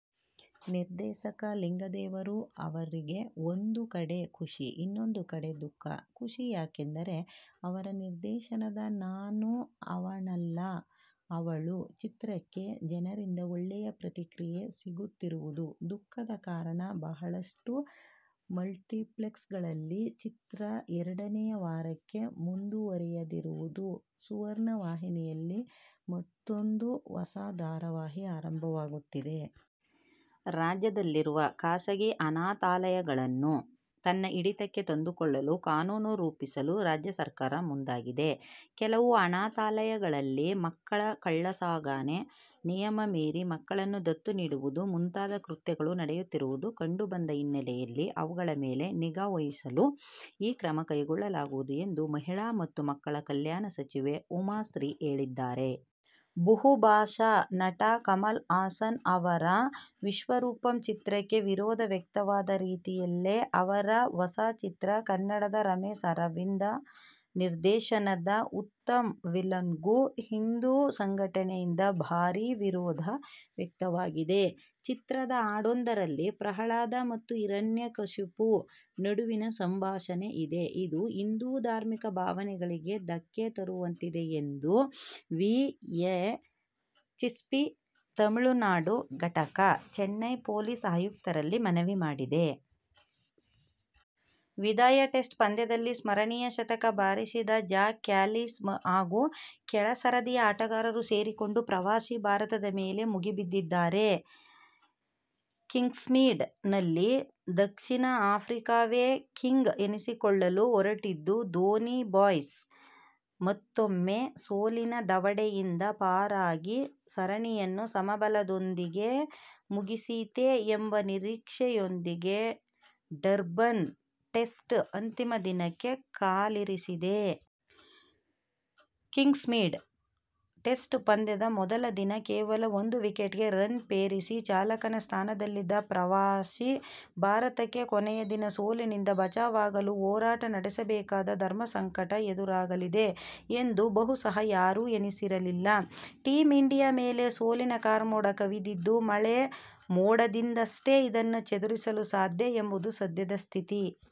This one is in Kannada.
ನಿರ್ದೇಶಕ ಲಿಂಗದೇವರು ಅವರಿಗೆ ಒಂದು ಕಡೆ ಖುಷಿ. ಇನ್ನೊಂದು ಕಡೆ ದುಃಖ. ಖುಷಿ ಯಾಕೆಂದರೆ, ಅವರ ನಿರ್ದೇಶನದ "ನಾನು ಅವನಲ್ಲ ಅವಳು' ಚಿತ್ರಕ್ಕೆ ಜನರಿಂದ ಒಳ್ಳೆಯ ಪ್ರತಿಕ್ರಿಯೆ ಸಿಗುತ್ತಿರುವುದು. ದುಃಖಕ್ಕೆ ಕಾರಣ ಬಹಳಷ್ಟು ಮಲ್ಟಿಪ್ಲೆಕ್ಸ್ಗಳಲ್ಲಿ ಚಿತ್ರ ಎರಡನೆಯ ವಾರಕ್ಕೆ ಮುಂದುವರೆಯದಿರುವುದು. ಸುವರ್ಣ ವಾಹಿನಿಯಲ್ಲಿ ಮತ್ತೂಂದು ಹೊಸ ಧಾರಾವಾಹಿ ಆರಂಭವಾಗುತ್ತಿದೆ. ರಾಜ್ಯದಲ್ಲಿರುವ ಖಾಸಗಿ ಅನಾಥಾಲಯಗಳನ್ನು ತನ್ನ ಹಿಡಿತಕ್ಕೆ ತಂದುಕೊಳ್ಳಲು ಕಾನೂನು ರೂಪಿಸಲು ರಾಜ್ಯ ಸರ್ಕಾರ ಮುಂದಾಗಿದೆ. ಕೆಲವು ಅನಾಥಾಲಯಗಳಲ್ಲಿ ಮಕ್ಕಳ ಕಳ್ಳಸಾಗಣೆ, ನಿಯಮ ಮೀರಿ ಮಕ್ಕಳನ್ನು ದತ್ತು ನೀಡುವುದು ಮುಂತಾದ ಕೃತ್ಯಗಳು ನಡೆಯುತ್ತಿರುವುದು ಕಂಡು ಬಂದ ಹಿನ್ನೆಲೆಯಲ್ಲಿ ಅವುಗಳ ಮೇಲೆ ನಿಗಾ ವಹಿಸಲು ಈ ಕ್ರಮ ಕೈಗೊಳ್ಳಲಾಗುವುದು ಎಂದು ಮಹಿಳಾ ಮತ್ತು ಮಕ್ಕಳ ಕಲ್ಯಾಣ ಸಚಿವೆ ಉಮಾಶ್ರೀ ಹೇಳಿದ್ದಾರೆ. ಬುಹುಭಾಷಾ ನಟ ಕಮಲ್ ಹಾಸನ್ ಅವರ ವಿಶ್ವರೂಪಂ ಚಿತ್ರಕ್ಕೆ ವಿರೋಧ ವ್ಯಕ್ತವಾದ ರೀತಿಯಲ್ಲೇ, ಅವರ ಹೊಸ ಚಿತ್ರ, ಕನ್ನಡದ ರಮೇಶ್ ಅರವಿಂದ ನಿರ್ದೇಶನದ "ಉತ್ತಮ್ ವಿಲನ್'ಗೂ ಹಿಂದು ಸಂಘಟನೆಯಿಂದ ಭಾರಿ ವಿರೋಧ ವ್ಯಕ್ತವಾಗಿದೆ. ಚಿತ್ರದ ಹಾಡೊಂದರಲ್ಲಿ ಪ್ರಹ್ಲಾದ ಮತ್ತು ಹಿರಣ್ಯಕಶಿಪು ನಡುವಿನ ಸಂಭಾಷಣೆ ಇದೆ, ಇದು ಹಿಂದು ಧಾರ್ಮಿಕ ಭಾವನೆಗಳಿಗೆ ಧಕ್ಕೆ ತರುವಂತಿದೆ ಎಂದು ವಿಎಚ್ಪಿ ತಮಿಳುನಾಡು ಘಟಕ, ಚೆನ್ನೈ ಪೊಲೀಸ್ ಆಯುಕ್ತರಲ್ಲಿ ಮನವಿ ಮಾಡಿದೆ. ವಿದಾಯ ಟೆಸ್ಟ್ ಪಂದ್ಯದಲ್ಲಿ ಸ್ಮರಣೀಯ ಶತಕ ಬಾರಿಸಿದ ಜಾಕ್ ಕ್ಯಾಲಿಸ್ ಹಾಗೂ ಕೆಳ ಸರದಿಯ ಆಟಗಾರರು ಸೇರಿಕೊಂಡು ಪ್ರವಾಸಿ ಭಾರತದ ಮೇಲೆ ಮುಗಿಬಿದ್ದಿದ್ದಾರೆ. '''ಕಿಂಗ್ಸ್ಮೀಡ್'ನಲ್ಲಿ ದಕ್ಷಿಣ ಆಫ್ರಿಕಾವೇ ಕಿಂಗ್ ಎನಿಸಿಕೊಳ್ಳಲು ಹೊರಟಿದ್ದು, ಧೋನಿ ಬಾಯ್ಸ ಮತ್ತೂಮ್ಮೆ ಸೋಲಿನ ದವಡೆಯಿಂದ ಪಾರಾಗಿ ಸರಣಿಯನ್ನು ಸಮಬಲದೊಂದಿಗೆ ಮುಗಿಸೀತೇ ಎಂಬ ನಿರೀಕ್ಷೆಯೊಂದಿಗೆ ಡರ್ಬನ್ ಟೆಸ್ಟ್ ಅಂತಿಮ ದಿನಕ್ಕೆ ಕಾಲಿರಿಸಿದೆ. ಕಿಂಗ್ಸ್ಮೀಡ್ ಟೆಸ್ಟ್ ಪಂದ್ಯದ ಮೊದಲ ದಿನ ಕೇವಲ ಒಂದು ವಿಕೆಟಿಗೆ ರನ್ ಪೇರಿಸಿ ಚಾಲಕನ ಸ್ಥಾನದಲ್ಲಿದ್ದ ಪ್ರವಾಸಿ ಭಾರತಕ್ಕೆ ಕೊನೆಯ ದಿನ ಸೋಲಿನಿಂದ ಬಚಾವಾಗಲು ಹೋರಾಟ ನಡೆಸಬೇಕಾದ ಧರ್ಮಸಂಕಟ ಎದುರಾಗಲಿದೆ ಎಂದು ಬಹುಶಃ ಯಾರೂ ಎಣಿಸಿರಲಿಲ್ಲ. ಟೀಮ್ ಇಂಡಿಯಾ ಮೇಲೆ ಸೋಲಿನ ಕಾರ್ಮೋಡ ಕವಿದಿದ್ದು, ಮಳೆ ಮೋಡದಿಂದಷ್ಟೇ ಇದನ್ನು ಚದುರಿಸಲು ಸಾಧ್ಯ ಎಂಬುದು ಸದ್ಯದ ಸ್ಥಿತಿ.